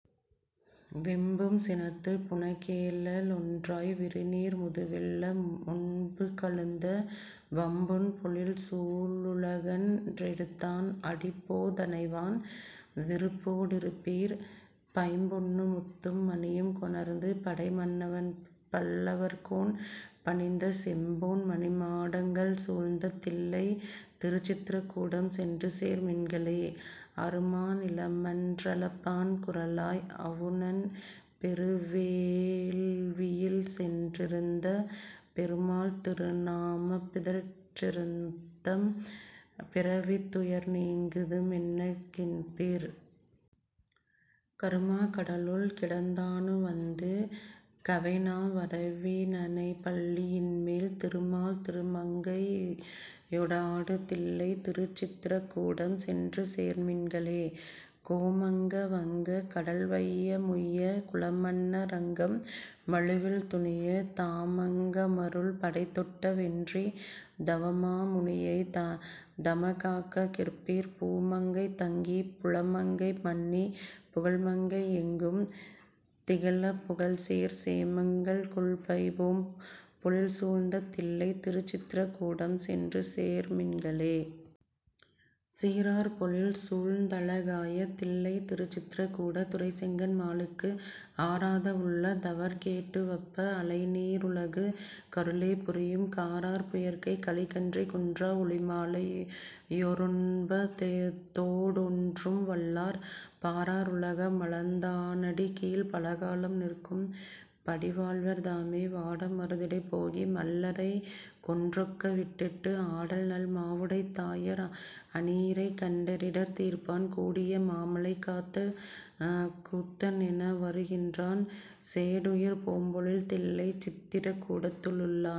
வெம்பும் சினத்துப் புனக்கேழ லொன்றாய் விரிநீர் முதுவெள்ள முள்புக் கழுந்த, வம்புண் பொழில்சூ ழுலகன் றெடுத்தான் அடிப்போ தணைவான் விருப்போ டிருப்பீர், பைம்பொன்னு முத்தும் மணியும் கொணர்ந்து படைமன்னவன்பல் லவர்க்கோன் பணிந்த, செம்பொன் மணிமாடங் கள்சூழ்ந்த தில்லைத் திருச்சித்ர கூடம் சென்றுசேர் மின்களே.. அருமா நிலமன் றளப்பான் குறளாய் அவுணன் பெருவேள் வியில்சென் றிரந்த, பெருமான் திருநா மம்பிதற் றிநுந்தம் பி றவித் துயர்நீங்கு துமென்ன கின்பீர். கருமா கடலுள் கிடந்தா னுவந்து கவைநா வரவி னணைப்பள்ளி யின்மேல், திருமால் திருமங் கையொடாடு தில்லைத் திருச்சித்ர கூடம் சென்றுசேர் மின்களே.. கோமங்க வங்கக் கடல்வைய முய்யக் குலமன்ன ரங்கம் மழுவில் துணிய, தாமங் கமருள் படைதொட்ட வென்றித் தவமா முனியைத் தமக்காக்க கிற்பீர், பூமங்கை தங்கிப் புலமங்கை மன்னிப் புகழ்மங்கை யெங்கும் திகழப்புகழ்சேர் சேமங்கள்கொள் பைம்பூம் பொழில்சூழ்ந்த தில்லைத் திருச்சித்ர கூடம் சென்றுசேர் மின்களே.. சீரார் பொழில்சூழ்ந் தழகாய தில்லைத் திருசித்ர கூடத் துறைசெங்கண் மாலுக்கு, ஆராத வுள்ளத் தவர்க்கேட் டுவப்ப அலைநீ ருலகுக் கருளே புரியும், காரார் புயற்கைக் கலிகன்றி குன்றா ஒலிமாலை யொறொன்ப தோடொன்றும் வல்லார், பாரா ருலக மளந்தா னடிக்கீழ்ப் பலகாலம் நிற்கும் படிவாழ்வர் தாமே. வாட மருதிடை போகி மல்லரைக் கொன்றொக்க லிட்டிட்டு, ஆடல்நல் மாவுடைத் தாயர் அநிரைக் கன்றிடர் தீர்ப்பான், கூடிய மாமழை காத்த கூத்த னெனெவரு கின்றான், சேடுயர் பூம்பொழில் தில்லைச் சித்திர கூடத்துள் ளானே..